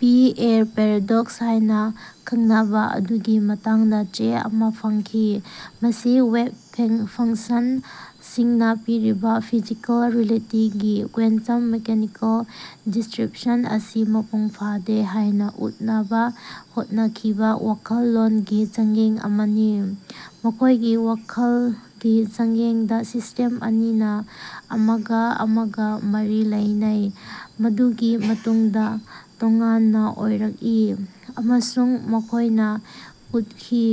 ꯄꯤ. R. Paradox ꯍꯥꯏꯅ ꯈꯡꯅꯕ ꯑꯗꯨꯒꯤ ꯃꯇꯥꯡꯗ ꯆꯦ ꯑꯃ ꯐꯣꯡꯈꯤ꯫ ꯃꯁꯤ "ꯋꯦꯕ ꯐꯡꯁꯟꯁꯤꯡꯅ ꯄꯤꯔꯤꯕ ꯐꯤꯖꯤꯀꯦꯜ ꯔꯤꯌꯦꯂꯤꯇꯤꯒꯤ ꯀ꯭ꯋꯦꯟꯇꯝ-ꯃꯦꯀꯥꯅꯤꯀꯦꯜ ꯗꯤꯁꯀ꯭ꯔꯤꯞꯁꯟ ꯑꯁꯤ ꯃꯄꯨꯡ ꯐꯥꯗꯦ" ꯍꯥꯏꯅ ꯎꯠꯅꯕ ꯍꯣꯠꯅꯈꯤꯕ ꯋꯥꯈꯜꯂꯣꯟꯒꯤ ꯆꯥꯡꯌꯦꯡ ꯑꯃꯅꯤ꯫ ꯃꯈꯣꯏꯒꯤ ꯋꯥꯈꯜꯒꯤ ꯆꯥꯡꯌꯦꯡꯗ ꯁꯤꯁꯇꯦꯝ ꯑꯅꯤꯅ ꯑꯃꯒ ꯑꯃꯒ ꯃꯔꯤ ꯂꯩꯅꯩ, ꯃꯗꯨꯒꯤ ꯃꯇꯨꯡꯗ ꯇꯣꯉꯥꯟꯕ ꯑꯣꯏꯔꯛꯏ, ꯑꯃꯁꯨꯡ ꯃꯈꯣꯏꯅ ꯎꯠꯈꯤ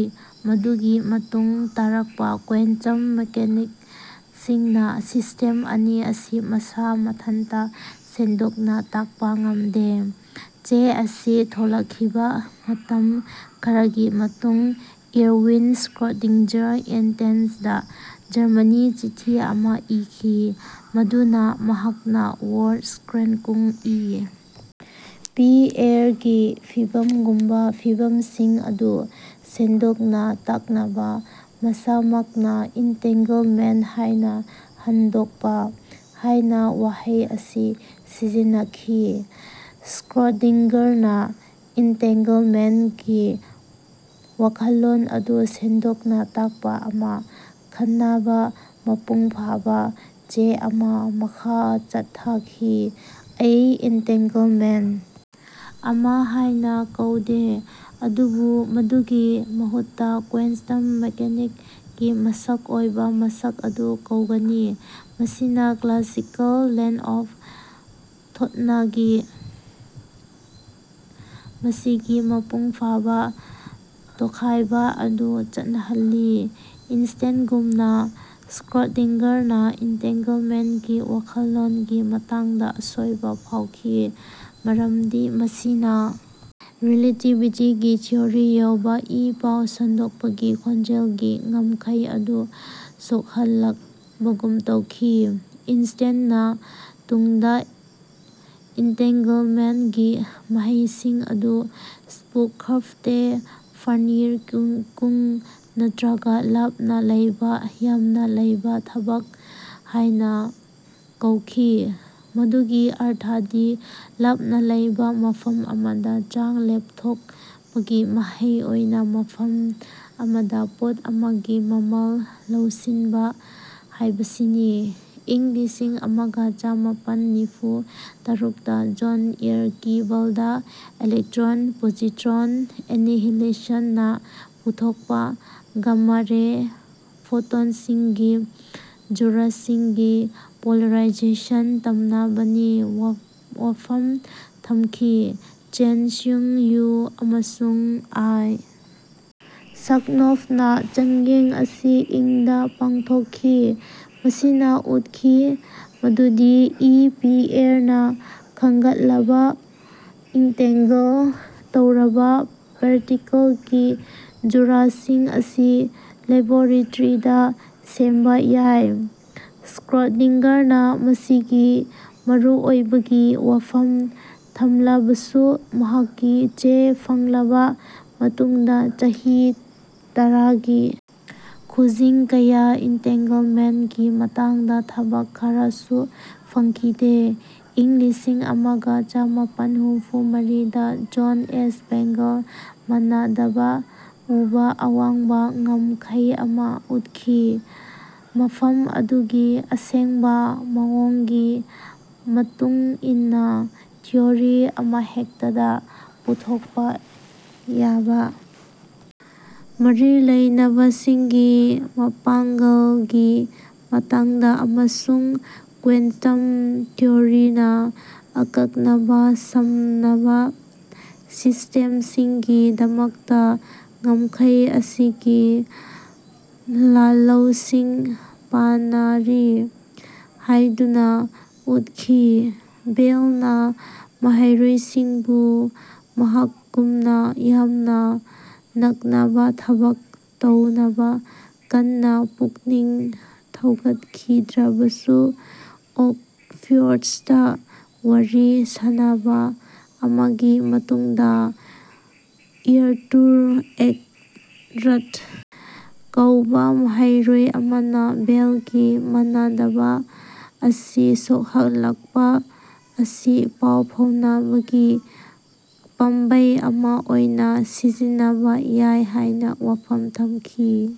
ꯃꯗꯨꯗꯤ ꯃꯇꯨꯡ ꯇꯥꯔꯛꯄ ꯀ꯭ꯋꯦꯟꯇꯝ ꯃꯦꯀꯥꯅꯤꯛꯁꯤꯡꯅ ꯁꯤꯁꯇꯦꯝ ꯑꯅꯤ ꯑꯁꯤ ꯃꯁꯥ ꯃꯊꯟꯇ ꯁꯟꯗꯣꯛꯅ ꯇꯥꯛꯄ ꯉꯝꯗꯦ꯫ ꯆꯦ ꯑꯁꯤ ꯊꯣꯛꯂꯛꯈꯤꯕ ꯃꯇꯝ ꯈꯔꯒꯤ ꯃꯇꯨꯡ ꯏꯔꯋꯤꯟ ꯁ꯭ꯔꯣꯗꯤꯡꯒꯔ ꯑꯥꯏꯟꯁꯇꯤꯟꯗ ꯖꯔꯃꯅꯤ ꯆꯤꯊꯤ ꯑꯃ ꯏꯈꯤ ꯃꯗꯨꯗ ꯃꯍꯥꯛꯅ ꯋꯔꯁ꯭ꯀ꯭ꯔꯥꯟꯀꯨꯡ (ꯏ. ꯄꯤ. ꯑꯥꯔ. ꯒꯤ ꯐꯤꯚꯝꯒꯨꯝꯕ ꯐꯤꯚꯝꯁꯤꯡ ꯑꯗꯨ ꯁꯟꯗꯣꯛꯅ ꯇꯥꯛꯅꯕ ꯃꯁꯥꯃꯛꯅ ꯏꯟꯇꯦꯡꯒꯜꯃꯦꯟ ꯍꯥꯏꯅ ꯍꯟꯗꯣꯛꯄ) ꯍꯥꯏꯅ ꯋꯥꯍꯩ ꯑꯁꯤ ꯁꯤꯖꯤꯟꯅꯈꯤ꯫ ꯁ꯭ꯔꯣꯗꯤꯟꯒꯔꯅ ꯏꯟꯇꯦꯡꯒꯜꯃꯦꯟ ꯀꯤ ꯋꯥꯈꯜꯂꯣꯟ ꯑꯗꯨ ꯁꯟꯗꯣꯛꯅ ꯇꯥꯛꯄ ꯑꯃ ꯈꯟꯅꯕ ꯃꯄꯨꯡ ꯐꯥꯕ ꯆꯦ ꯑꯃ ꯃꯈꯥ ꯆꯠꯊꯈꯤ, "ꯑꯩ ꯏꯟꯇꯦꯡꯒꯜꯃꯦꯟ ꯑꯃ ꯍꯥꯏꯅ ꯀꯧꯗꯦ ꯑꯗꯨꯕꯨ ꯃꯗꯨꯒꯤ ꯃꯍꯨꯠꯇ ꯀ꯭ꯋꯥꯟꯇꯝ ꯃꯦꯀꯥꯅꯤꯛꯀꯤ ꯃꯁꯛ ꯅꯥꯏꯕ ꯃꯁꯛ ꯑꯗꯨ ꯀꯧꯒꯅꯤ, ꯃꯁꯤꯅ ꯀ꯭ꯂꯥꯁꯤꯀꯦꯜ ꯂꯦꯟ ꯑꯣꯐ ꯊꯣꯠꯅꯒꯤ ꯃꯁꯤꯒꯤ ꯃꯄꯨꯡꯐꯥꯕ ꯇꯣꯈꯥꯏꯕ ꯑꯗꯨ ꯆꯠꯅꯍꯜꯂꯤ꯫" ꯑꯥꯏꯟꯁ꯭ꯇꯤꯟꯒꯨꯝꯅ ꯁ꯭ꯔꯣꯗꯤꯟꯒꯔꯅ ꯑꯦꯟꯇꯦꯡꯒꯜꯃꯦꯟ ꯀꯤ ꯋꯥꯈꯜꯂꯣꯟꯒꯤ ꯃꯇꯥꯡꯗ ꯑꯁꯣꯏꯕ ꯐꯥꯎꯈꯤ ꯃꯔꯝꯗꯤ ꯃꯁꯤꯅ ꯔꯤꯂꯦꯇꯤꯚꯤꯇꯤꯒꯤ ꯊꯤꯑꯣꯔꯤ ꯌꯥꯎꯕ ꯏ-ꯄꯥꯎ ꯁꯟꯗꯣꯛꯄꯒꯤ ꯈꯣꯡꯖꯦꯜꯒꯤ ꯉꯝꯈꯩ ꯑꯗꯨ ꯁꯣꯛꯍꯜꯂꯛꯂꯒꯨꯝ ꯇꯧꯈꯤ꯫ ꯑꯥꯏꯟꯁꯇꯤꯟꯅ ꯇꯨꯡꯗ ꯏꯟꯇꯦꯡꯒꯜꯃꯦꯟ ꯒꯤ ꯃꯍꯩꯁꯤꯡ ꯑꯗꯨ "ꯁ꯭ꯄꯨꯈꯥꯐꯇꯦ ꯐꯔꯟꯋꯤꯔꯀꯨꯡ" ꯅꯠꯇ꯭ꯔꯒ "ꯂꯥꯞꯅ ꯂꯩꯕ ꯌꯥꯝꯅ ꯂꯨꯕ ꯊꯕꯛ" ꯍꯥꯏꯅ ꯀꯧꯈꯤ, ꯃꯗꯨꯒꯤ ꯑꯔꯊꯗꯤ ꯂꯥꯞꯅ ꯂꯩꯕ ꯃꯐꯝ ꯑꯃꯗ ꯆꯥꯡ ꯂꯦꯞꯊꯣꯛꯄꯒꯤ ꯃꯍꯩ ꯑꯣꯏꯅ ꯃꯐꯝ ꯑꯃꯗ ꯄꯣꯠ ꯑꯃꯒꯤ ꯃꯃꯜ ꯂꯧꯁꯤꯟꯕ ꯍꯥꯏꯕꯁꯤꯅꯤ꯫ ꯏꯪ ꯂꯤꯁꯤꯡ ꯑꯃꯒ ꯆꯃꯥꯄꯟ ꯅꯤꯐꯨ ꯇꯔꯨꯛꯇ ꯖꯣꯟ ꯑꯥꯔꯀꯤꯕꯥꯜꯗ ꯏꯂꯦꯛꯇ꯭ꯔꯣꯟ-ꯄꯣꯖꯤꯇ꯭ꯔꯣꯟ ꯑꯦꯅꯤꯍꯤꯂꯦꯁꯟꯅ ꯄꯨꯊꯣꯛꯄ ꯒꯃꯥ-ꯔꯦ ꯐꯣꯇꯣꯟꯁꯤꯡꯒꯤ ꯖꯨꯔꯥꯁꯤꯡꯒꯤ ꯄꯣꯂꯔꯥꯏꯖꯦꯁꯟ ꯇꯝꯅꯕꯅꯤ ꯋꯥꯐꯝ ꯊꯝꯈꯤ꯫ ꯆꯤꯌꯟ-ꯁꯤꯌꯨꯡ ꯋꯨ ꯑꯃꯁꯨꯡ ꯑꯥꯏ. ꯁꯛꯅꯣꯚꯅ ꯆꯥꯡꯌꯦꯡ ꯑꯁꯤ ꯏꯪ ꯗ ꯄꯥꯡꯊꯣꯛꯈꯤ, ꯃꯁꯤꯅ ꯎꯠꯈꯤ ꯃꯗꯨꯗꯤ ꯏ. ꯄꯤ. ꯑꯥꯔ. ꯅ ꯈꯟꯒꯠꯂꯕ ꯑꯦꯟꯇꯦꯡꯒꯜ ꯇꯧꯔꯕ ꯄꯥꯔꯇꯤꯀꯜꯀꯤ ꯖꯨꯔꯥꯁꯤꯡ ꯑꯁꯤ ꯂꯦꯕꯣꯔꯦꯇꯔꯤꯗ ꯁꯦꯝꯕ ꯌꯥꯏ꯫ ꯁ꯭ꯔꯣꯗꯤꯡꯒꯔꯅ ꯃꯁꯤꯒꯤ ꯃꯔꯨꯑꯣꯏꯕꯒꯤ ꯋꯥꯐꯝ ꯊꯝꯂꯕꯁꯨ, ꯃꯍꯥꯛꯀꯤ ꯆꯦ ꯐꯣꯡꯂꯕ ꯃꯇꯨꯡꯗ ꯆꯍꯤ ꯇꯔꯥꯒꯤ ꯈꯨꯖꯤꯡ ꯀꯌꯥ ꯏꯟꯇꯦꯡꯒꯜꯃꯦꯟ ꯀꯤ ꯃꯇꯥꯡꯗ ꯊꯕꯛ ꯈꯔꯁꯨ ꯐꯣꯡꯈꯤꯗꯦ꯫ ꯏꯪ ꯂꯤꯁꯤꯡ ꯑꯃꯒ ꯆꯃꯥꯄꯟ ꯍꯨꯝꯐꯨ ꯃꯔꯤꯗ ꯖꯣꯟ ꯑꯦꯁ ꯕꯦꯜꯒꯤ ꯃꯥꯟꯅꯗꯕ ꯎꯕ ꯑꯋꯥꯡꯕ ꯉꯝꯈꯩ ꯑꯃ ꯎꯠꯈꯤ, ꯃꯐꯝ ꯑꯗꯨꯒꯤ ꯑꯁꯦꯡꯕ ꯃꯑꯣꯡꯒꯤ ꯃꯇꯨꯡ ꯏꯟꯅ ꯊꯤꯑꯣꯔꯤ ꯑꯃꯍꯦꯛꯇꯗ ꯄꯨꯊꯣꯛꯄ ꯌꯥꯕ ꯃꯔꯤ ꯂꯩꯅꯕꯁꯤꯡꯒꯤ ꯃꯄꯥꯡꯒꯜꯒꯤ ꯃꯇꯥꯡꯗ ꯑꯃꯁꯨꯡ ꯀ꯭ꯋꯦꯟꯇꯝ ꯊꯤꯑꯣꯔꯤꯅ ꯑꯀꯛꯅꯕ ꯁꯝꯅꯕ ꯁꯤꯁ꯭ꯇꯦꯝꯁꯤꯡꯒꯤꯗꯃꯛꯇ ꯉꯝꯈꯩ ꯑꯁꯤꯒꯤ ꯂꯥꯜꯍꯧꯁꯤꯡ ꯄꯥꯅꯔꯤ ꯍꯥꯏꯗꯨꯅ ꯎꯠꯈꯤ꯫ ꯕꯦꯜꯅ ꯃꯍꯩꯔꯣꯏꯁꯤꯡꯕꯨ ꯃꯍꯥꯛꯀꯨꯝꯅ ꯌꯥꯝꯅ ꯅꯛꯅꯕ ꯊꯕꯛ ꯇꯧꯅꯕ ꯀꯟꯅ ꯄꯨꯛꯅꯤꯡ ꯊꯧꯒꯠꯈꯤꯗ꯭ꯔꯕꯁꯨ ꯑꯣꯛꯁꯐꯣꯔ꯭ꯗꯇ ꯋꯥꯔꯤ ꯁꯥꯅꯕ ꯑꯃꯒꯤ ꯃꯇꯨꯡꯗ ꯑꯥꯔꯇꯨꯔ ꯑꯦꯀꯔ꯭ꯠ ꯀꯧꯕ ꯃꯍꯩꯔꯣꯏ ꯑꯃꯅ ꯕꯦꯜꯒꯤ ꯃꯥꯟꯅꯗꯕ ꯑꯁꯤ ꯁꯣꯛꯍꯜꯂꯛꯄ ꯑꯁꯤ ꯄꯥꯎ ꯐꯥꯎꯅꯕꯒꯤ ꯄꯥꯝꯕꯩ ꯑꯃ ꯑꯣꯏꯅ ꯁꯤꯖꯤꯟꯅꯕ ꯌꯥꯏ ꯍꯥꯏꯅ ꯋꯥꯐꯝ ꯊꯝꯈꯤ꯫